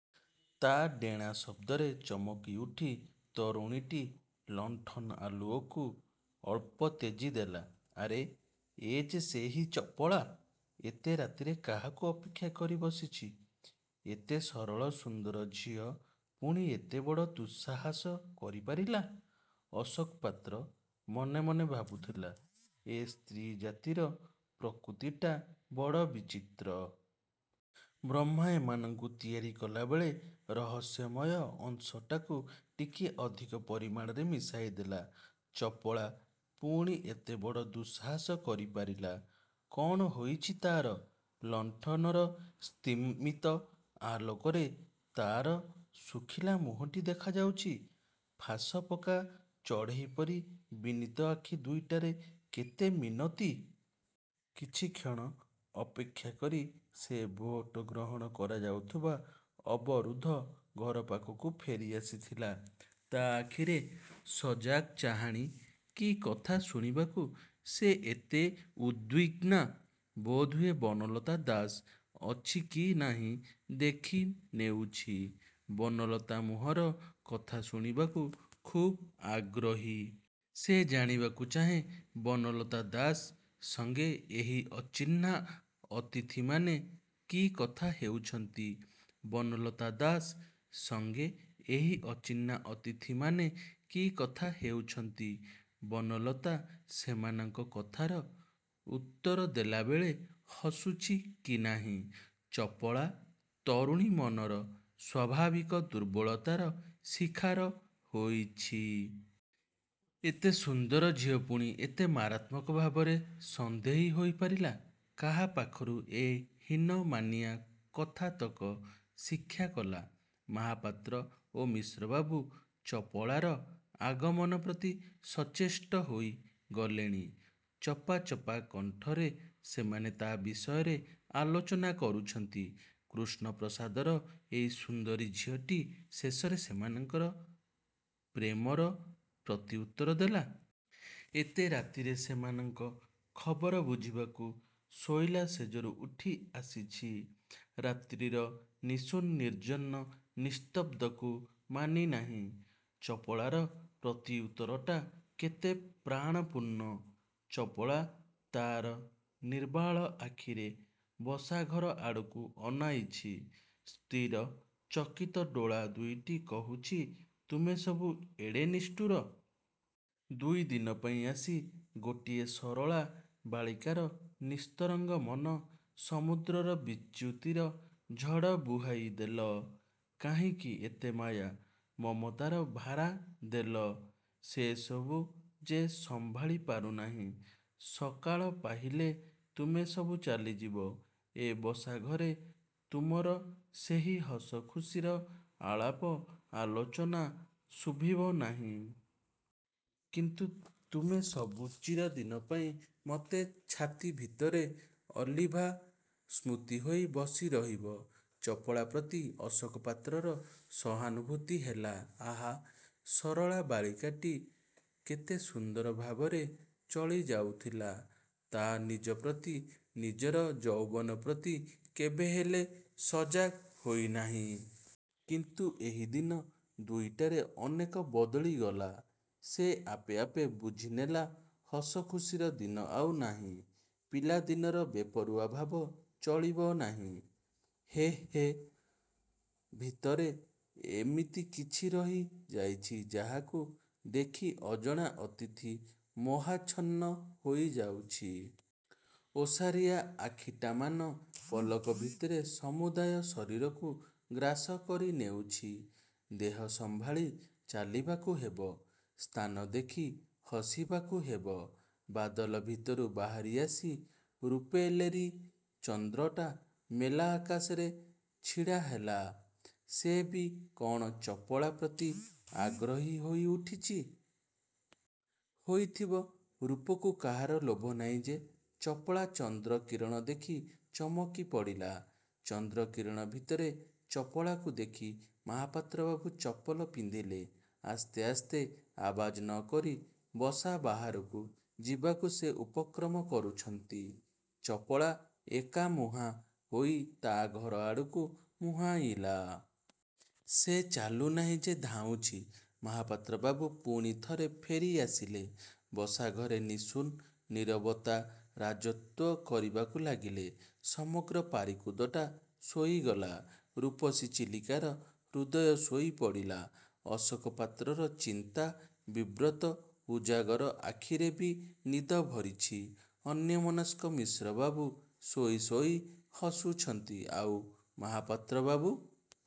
ତା' ଡେଣା ଶବ୍ଦରେ ଚମକି ଉଠି ତରୁଣୀଟି ଲଣ୍ଠନ ଆଲୁଅକୁ ଅଳ୍ପ ତେଜି ଦେଲା। ଆରେ ଏଯେ ସେହି ଚପଳା! ଏତେ ରାତିରେ କାହାକୁ ଅପେକ୍ଷା କରି ବସିଛି? ଏତେ ସରଳ ସୁନ୍ଦର ଝିଅ ପୁଣି ଏତେବଡ଼ ଦୁଃସାହସ କରିପାରିଲା? ଅଶୋକ ପାତ୍ର ମନେ ମନେ ଭାବୁଥିଲା, ଏ ସ୍ତ୍ରୀ ଜାତିର ପ୍ରକୃତିଟା ବଡ଼ ବିଚିତ୍ର। ବ୍ରହ୍ମା ଏମାନଙ୍କୁ ତିଆରି କଲାବେଳେ ରହସ୍ୟମୟ ଅଂଶଟାକୁ ଟିକିଏ ଅଧିକ ପରିମାଣରେ ମିଶାଇ ଦେଲା। ଚପଳା ପୁଣି ଏତେ ବଡ଼ ଦୁଃସାହସ କରିପାରିଲା? କ'ଣ ହୋଇଛି ତା'ର? ଲଣ୍ଠନର ସ୍ତିମୀତ ଆଲୋକରେ ତା'ର ଶୁଖିଲା ମୁହଁଟି ଦେଖାଯାଉଛି। ଫାଶପକା ଚଢ଼େଇ ପରି ବିନୀତ ଆଖି ଦୁଇଟାରେ କେତେ ମିନତି! କିଛିକ୍ଷଣ। ଅପେକ୍ଷା କରି ସେ ଭୋଟ ଗ୍ରହଣ କରାଯାଉଥିବା ଅବରୁଦ୍ଧ ଘର ପାଖକୁ ଫେରି ଆସିଥିଲା। ତା' ଆଖିରେ ସଜାଗ ଚାହାଣୀ! କି କଥା ଶୁଣିବାକୁ ସେ ଏତେ ଉଦ୍ବିଗ୍ନା? ବୋଧହୁଏ ବନଲତା ଦାସ ଅଛି କି ନାହିଁ ଦେଖି ନେଉଛି। ବନଲତା ମୁହଁର କଥା ଶୁଣିବାକୁ ଖୁବ୍ଆଗ୍ରହୀ। ସେ ଜାଣିବାକୁ ଚାହେଁ, ବନଲତା ଦାସ ସଙ୍ଗେ ଏହି ଅଚିହ୍ନା ଅତିଥିମାନେ କି କଥା ହେଉଛନ୍ତି। ବନଲତା ଦାସ ସଙ୍ଗେ ଏହି ଅଚିହ୍ନା ଅତିଥିମାନେ କି କଥା ହେଉଛନ୍ତି। ବନଲତା ସେମାନଙ୍କ କଥାର ଉତ୍ତର ଦେଲାବେଳେ ହସୁଛି କି ନାହିଁ। 'ଚପଳା' ତରୁଣୀ ମନର ସ୍ୱାଭାବିକ ଦୁର୍ବଳତାର ଶିକାର ହୋଇଛି। ଏତେ ସୁନ୍ଦର ଝିଅ ପୁଣି ଏତେ ମାରାତ୍ମକ ଭାବରେ ସନ୍ଦେହୀ ହୋଇ ପାରିଲା? କାହାପାଖରୁ ଏ ହୀନମାନିଆ କଥାତକ ଶିକ୍ଷା କଲା? ମହାପାତ୍ର ଓ ମିଶ୍ରବାବୁ ଚପଳାର ଆଗମନପ୍ରତି ସଚେଷ୍ଟ ହୋଇ ଗଲେଣି। ଚପା, ଚପା କଣ୍ଠରେ ସେମାନେ ତା ବିଷୟରେ ଆଲୋଚନା କରୁଛନ୍ତି। କୃଷ୍ଣପ୍ରସାଦର ଏଇ ସୁନ୍ଦରୀ ଝିଅଟି ଶେଷରେ ସେମାନଙ୍କ ପ୍ରେମର ପ୍ରତିଉତ୍ତର ଦେଲା-। ଏତେ ରାତିରେ ସେମାନଙ୍କ ଖବର ବୁଝିବାକୁ ଶୋଇଲା ଶେଯରୁ ଉଠି ଆସିଛି-। ରାତ୍ରିର ନିଶୂନ, ନିର୍ଜନ ନିସ୍ତବ୍ଧକୁ ମାନି ନାହିଁ। ଚପଳାର ପ୍ରତିଉତ୍ତରଟା କେତେ ପ୍ରାଣପୂର୍ଣ୍ଣ। ଚପଳା ତା'ର ନିର୍ବାଳ ଆଖିରେ ବସାଘର ଆଡ଼କୁ ଅନାଇଛି। ସ୍ଥିର, ଚକିତ ଡୋଳା ଦୁଇଟି କହୁଛି, ତୁମେ ସବୁ ଏଡ଼େ ନିଷ୍ଠୁର? ଦୁଇଦିନ ପାଇଁ ଆସି ଗୋଟିଏ ସରଳା ବାଳିକାର ନିସ୍ତରଙ୍ଗ ମନ–ସମୁଦ୍ରର ବିଚ୍ୟୁତିର ଝଡ଼ ବୁହାଇ ଦେଲ। କାହିଁକି ଏତେ ମାୟା, ମମତାର ଭାରା ଦେଲ? ସେ ସବୁ ଯେ ସମ୍ଭାଳି ପାରୁ ନାହିଁ। ସକାଳ ପାହିଲେ ତୁମେ ସବୁ ଚାଲିଯିବ। ଏ ବସାଘରେ ତୁମର ସେହି ହସ ଖୁସିର ଆଳାପ ଆଲୋଚନା ଶୁଭିବ ନାହିଁ। କିନ୍ତୁ ତୁମେ ସବୁ ଚିରଦିନ ପାଇଁ ମତେ ଛାତି ଭିତରେ ଅଲିଭା ସ୍ମୃତି ହୋଇ ବସି ରହିବ। ଚପଳା ପ୍ରତି ଅଶୋକ ପାତ୍ରର ସହାନୁଭୂତି ହେଲା। ଆହା, ସରଳା ବାଳିକାଟି କେତେ ସୁନ୍ଦର ଭାବରେ ଚଳିଯାଉଥିଲା। ତା' ନିଜ ପ୍ରତି, ନିଜର ଯୌବନ ପ୍ରତି କେବେ ହେଲେ ସଜାଗ ହୋଇ ନାହିଁ। କିନ୍ତୁ ଏହି ଦିନ ଦୁଇଟାରେ ଅନେକ ବଦଳି ଗଲା। ସେ ଆପେ, ଆପେ ବୁଝିନେଲା, ହସଖୁସିର ଦିନ ଆଉ ନାହିଁ। ପିଲାଦିନର ବେପରୁଆ ଭାବ ଚଳିବ ନାହିଁ। ହେହ ଭିତରେ ଏମିତି କିଛି ରହି ଯାଇଛି, ଯାହାକୁ ଦେଖି ଅଜଣା ଅତିଥି ମୋହାଚ୍ଛନ୍ନ ହୋଇ ଯାଉଛି। ଓସାରିଆ ଆଖିଟାମାନ ପଲକ ଭିତରେ ସମୁଦାୟ ଶରୀରକୁ ଗ୍ରାସ କରି ନେଉଛି। ଦେହ ସମ୍ଭାଳି ଚାଲିବାକୁ ହେବ। ସ୍ଥାନ ଦେଖି ହସିବାକୁ ହେବ। ବାଦଲ ଭିତରୁ ବାହାରି ଆସି ରୂପେଲେରୀ ଚନ୍ଦ୍ରଟା ମେଲା ଆକାଶରେ ଛିଡ଼ା ହେଲା। ସେ ବି କଣ ଚପଳା ପ୍ରତି ଆଗ୍ରହୀ ହୋଇ ଉଠିଛି? ହୋଇଥିବ! ରୂପକୁ କାହାର ଲୋଭ ନାହିଁ ଯେ-? 'ଚପଳା' ଚନ୍ଦ୍ରକିରଣ ଦେଖି ଚମକି ପଡ଼ିଲା। ଚନ୍ଦ୍ରକିରଣ ଭିତରେ ଚପଳାକୁ ଦେଖି ମହାପାତ୍ରବାବୁ ଚପଲ ପିନ୍ଧିଲେ। ଆସ୍ତେ, ଆସ୍ତେ ଆବାଜ ନ କରି ବସା ବାହାରକୁ ଯିବାକୁ ସେ ଉପକ୍ରମ କରୁଛନ୍ତି। ଚପଳା ଏକମୁହାଁ ହୋଇ ତା' ଘର ଆଡ଼କୁ ମୁହାଁଇଲା। ସେ ଚାଲୁ ନାହିଁ ଯେ ଧାଉଁଛି। ମହାପାତ୍ର ବାବୁ ପୁଣି ଥରେ ଫେରି ଆସିଲେ। ବସାଘରେ ନିଶୂନ ନୀରବତା ରାଜତ୍ୱ କରିବାକୁ ଲାଗିଲା। ସମଗ୍ର ପାରିକୁଦଟା ଶୋଇଗଲା। ରୂପସୀ ଚିଲିକାର ହୃଦୟ ଶୋଇ ପଡ଼ିଲା। ଅଶୋକ ପାତ୍ରର ଚିନ୍ତା–ବିବ୍ରତ ଉଜାଗର ଆଖିରେ ବି ନିଦ ଭରିଛି। ଅନ୍ୟମନସ୍କ ମିଶ୍ରବାବୁ ଶୋଇ, ଶୋଇ ହସୁଛନ୍ତି। ଆଉ ମହାପାତ୍ର ବାବୁ?